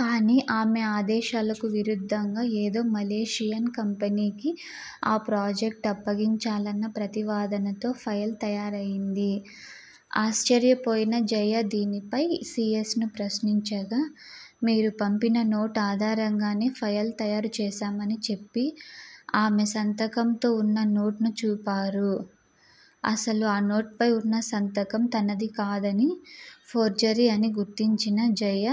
కానీ ఆమె ఆదేశాలకు విరుద్ధంగా ఏదో మలేషియన్ కంపెనీకి ఆ ప్రాజెక్ట్ అప్పగించాలన్న ప్రతివాదనతో ఫైల్ తయారైంది. ఆశ్చర్యపోయిన జయ దీనిపై సీఎస్ను ప్రశ్నించగా 'మీరు పంపిన నోట్ ఆధారంగానే ఫైల్ తయారు చేశామ'ని చెప్పి, ఆమె సంతకంతో ఉన్న నోట్ను చూపారు. అసలు ఆ నోట్పై ఉన్న సంతకం తనదికాదని, ఫోర్జరీ అని గుర్తించిన జయ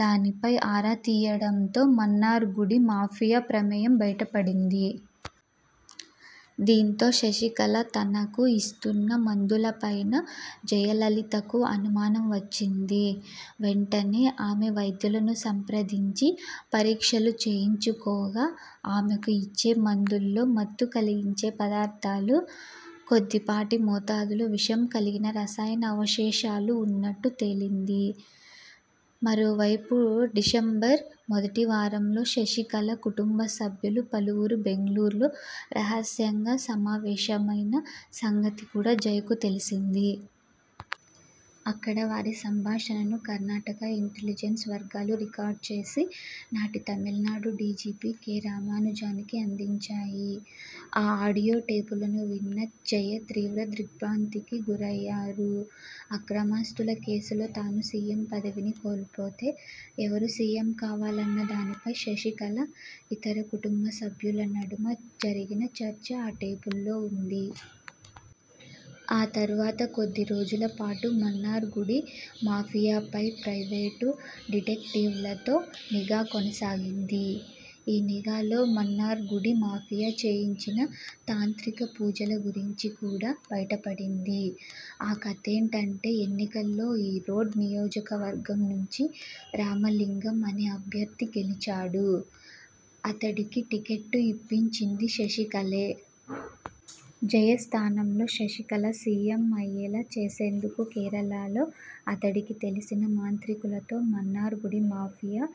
దానిపై ఆరా తీయడంతో మన్నార్ గుడి మాఫియా ప్రమేయం బయటపడింది. దీంతో శశికళ తనకు ఇస్తున్న మందులపైనా జయలలితకు అనుమానం వచ్చింది. వెంటనే ఆమె వైద్యులను సంప్రదించి పరీక్షలు చేయించుకోగా ఆమెకు ఇచ్చే మందుల్లో మత్తు కలిగించే పదార్థాలు, కొద్దిపాటి మోతాదులో విషం కలిగిన రసాయన అవశేషాలు ఉన్నట్టు తేలింది. మరోవైపు డిసెంబర్ మొదటి వారంలో శశికళ కుటుంబ సభ్యులు పలువురు బెంగుళూరులో రహస్యంగా సమావేశమైన సంగతి కూడా జయకు తెలిసింది. అక్కడ వారి సంభాషణను కర్ణాటక ఇంటెలిజెన్స్ వర్గాలు రికార్డ్ చేసి నాటి తమిళనాడు డీజీపీ కె. రామానుజానికి అందించాయి. ఆ ఆడియో టేపులను విన్న జయ త్రీవ్ర దిగ్ర్భాంతికి గురయ్యారు. అక్రమాస్తుల కేసులో తాను సీఎం పదవిని కోల్పోతే, ఎవరు సీఎం కావాలన్న దానిపై శశికళ, ఇతర కుటుంబ సభ్యుల నడుమ జరిగిన చర్చ ఆ టేపుల్లో ఉంది. ఆ తర్వాత కొద్ది రోజులపాటు మన్నార్ గుడి మాఫియాపై ప్రైవేటు డిటెక్టివ్లతో నిఘా కొనసాగింది. ఈ నిఘాలో మన్నార్గుడి మాఫియా చేయించిన తాంత్రిక పూజల గురించి కూడా బయటపడింది. ఆ కథేంటంటే ఎన్నికల్లో ఈరోడ్ నియోజకవర్గం నుంచి రామలింగం అనే అభ్యర్థి గెలిచాడు. అతడికి టిక్కెట్టు ఇప్పించింది శశికళే. జయ స్థానంలో శశికళ సీఎం అయ్యేలా చేసేందుకు కేరళలో అతడికి తెలిసిన మాంత్రికులతో మన్నార్గుడి మాఫియా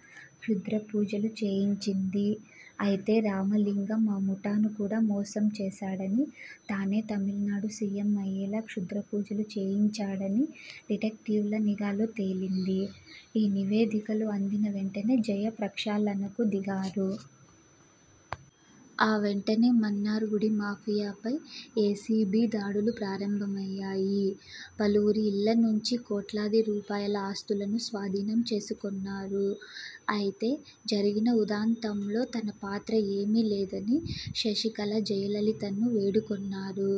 క్షుద్రపూజలు చేయించింది. అయితే రామలింగం ఆ ముఠాను కూడా మోసం చేశాడని, తానే తమిళనాడు సీఎం అయ్యేలా క్షుద్రపూజలు చేయించాడని డిటెక్టివ్ల నిఘాలో తేలింది. ఈ నివేదికలు అందిన వెంటనే జయ ప్రక్షాళనకు దిగారు. ఆ వెంటనే మన్నార్ గుడి మాఫియాపై ఏసీబీ దాడులు ప్రారంభమయ్యాయి. పలువురి ఇళ్ల నుంచి కోట్లాది రూపాయల ఆస్తులను స్వాధీనం చేసుకొన్నారు. అయితే, జరిగిన ఉదాంతంలో తన పాత్ర ఏమీ లేదని శశికళ జయలలితను వేడుకొన్నారు.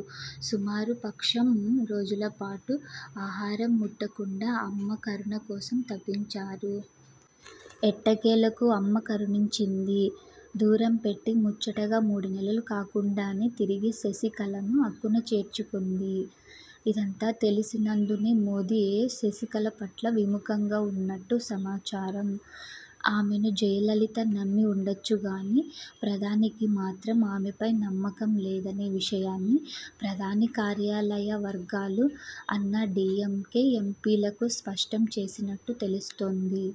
సుమారు పక్షం రోజులపాటు ఆహారం ముట్టకుండా అమ్మ కరుణ కోసం తపించారు. ఎట్టకేలకు అమ్మ కరుణించింది. దూరం పెట్టి ముచ్చటగా మూడనెలలు కాకుండానే తిరిగి శశికళను అక్కున చేర్చుకుంది. ఇదంతా తెలిసినందునే మోదీ శశికళ పట్ల విముఖంగా ఉన్నట్టు సమాచారం. ఆమెను జయలలిత నమ్మి ఉండొచ్చుగానీ ప్రధానికి మాత్రం ఆమెపై నమ్మకం లేదనే విషయాన్ని ప్రధాని కార్యాలయ వర్గాలు అన్నాడీఎంకే ఎంపీలకు స్పష్టం చేసినట్టు తెలుస్తోంది.